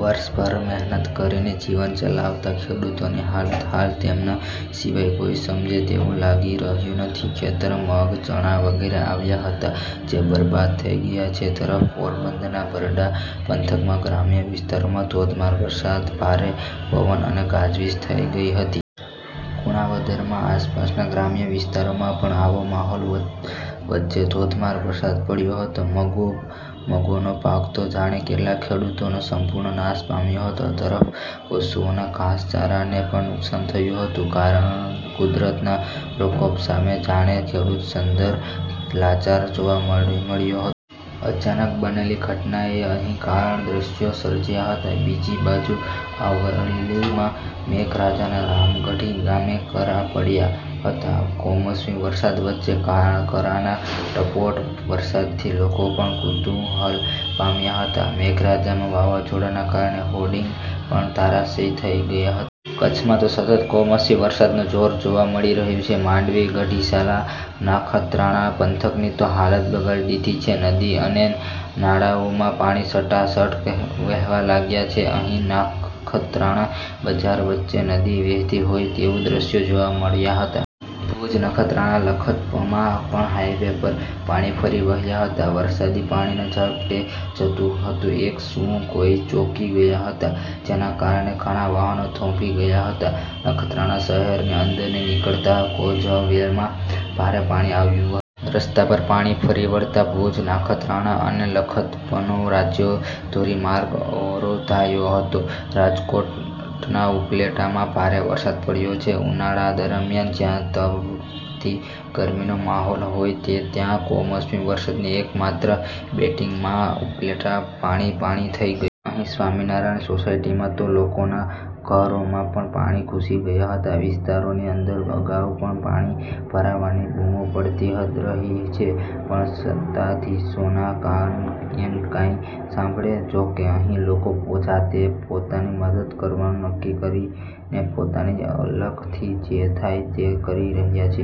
વર્ષભર મહેનત કરીને જીવન ચલાવતા ખેડૂતોની હાલત હાલ તેમના સિવાય કોઈ સમજે તેવું લાગી રહ્યું નથી. ખેતરમાં મગ, ચણા વગેરે વાવ્યા હતા જે બરબાદ થઈ ગયા છે. તરફ પોરબંદરના બરડા પંથકમાં ગ્રામ્ય વિસ્તારોમાં ધોધમાર વરસાદ, ભારે પવન અને ગાજવીજ થઈ ગઈ હતી. કુણવદરમાં આસપાસના ગ્રામ્ય વિસ્તારોમાં પણ આવા માહોલ વચ્ચેધોધમાર વરસાદ પડ્યો હતો. મગનો પાક તો જાણે કેટલાક ખેડૂતોનો સંપૂર્ણ નાશ પામ્યો હતો. તરફ પશુઓના ઘાસચારાને પણ નુકસાન થયું હતું. કુદરતના પ્રકોપ સામે જાણે ખેડૂત સદંતર લાચાર જોવા મળ્યો હતો. અચાનક બનેલીઘટનાએ અહીં કરુણ દ્રષ્યો સર્જ્યા હતા. બીજી બાજુ અરવલ્લીમાં મેઘરજના રામગઢી ગામે કરા પડ્યા હતા. કમોસમી વરસાદ વચ્ચે કરાના ટપોટપ વરસાદથી લોકો પણ કુતુહલ પામ્યા હતા. મેઘરજમાં વાવાઝોડાના કારણે હોર્ડિંગ પણ ધરાશાયી થઈ ગયા હતા. કચ્છમાં તો સતત કમોસમી વરસાદનું જોર જોવા મળી રહ્યું છે. માંડવી, ગઢશીશા, નખત્રાણા પંથકની તો હાલતબગાડી દીધી છે. નદી અને નાળાઓમાં પાણી સટાસટ વહેવા લાગ્યા છે. અહીં નખત્રાણા બજાર વચ્ચેનદી વહેતી હોય તેવા દ્રષ્યો જોવા મળ્યા હતા. ભૂજ, નખત્રાણા, લખપતમાં પણ હાઈવે પર પાણી ફરી વળ્યા હતા. વરસાદી પાણીઝડપે જતું હતું કે સહુ કોઈ ચોંકી ગયા હતા. જેના કારણે ઘણા વાહનો થોભી ગયા હતા. નખત્રાણા શહેરની અંદરથી નીકળતા કોઝવેમાં ભારે પાણી આવ્યું હતું. રસ્તા પર પાણી ફરી વળતા ભુજ, નખત્રાણા અને લખપતનો રાજ્ય ધોરીમાર્ગ અવરોધાયો હતો. રાજકોટના ઉપલેટામાં ભારે વરસાદ પડ્યો છે. ઉનાળા દરમિયાન જ્યાં તપતી ગરમીનો માહોલ હોય છે ત્યાં કમોસમી વરસાદની એક માત્ર બેટિંગમાંઉપલેટા પાણી પાણી થઈ ગયું હતું. અહીં સ્વામિનારાયણ સોસાયટીમાં તો લોકોના ઘરોમાં પણ પાણી ઘૂસી ગયા હતા. વિસ્તારની અંદર અગાઉ પણ પાણી ભરાવાની બુમો પડતી રહી છે પણ સત્તાધિશોના કાન એમ કાંઈ સાંભળે? જોકે અહીં લોકો જાતેપોતાની મદદ કરવાનું નક્કી કરીને પોતાની અક્કલથી જે થાય તે કરી રહ્યા છે.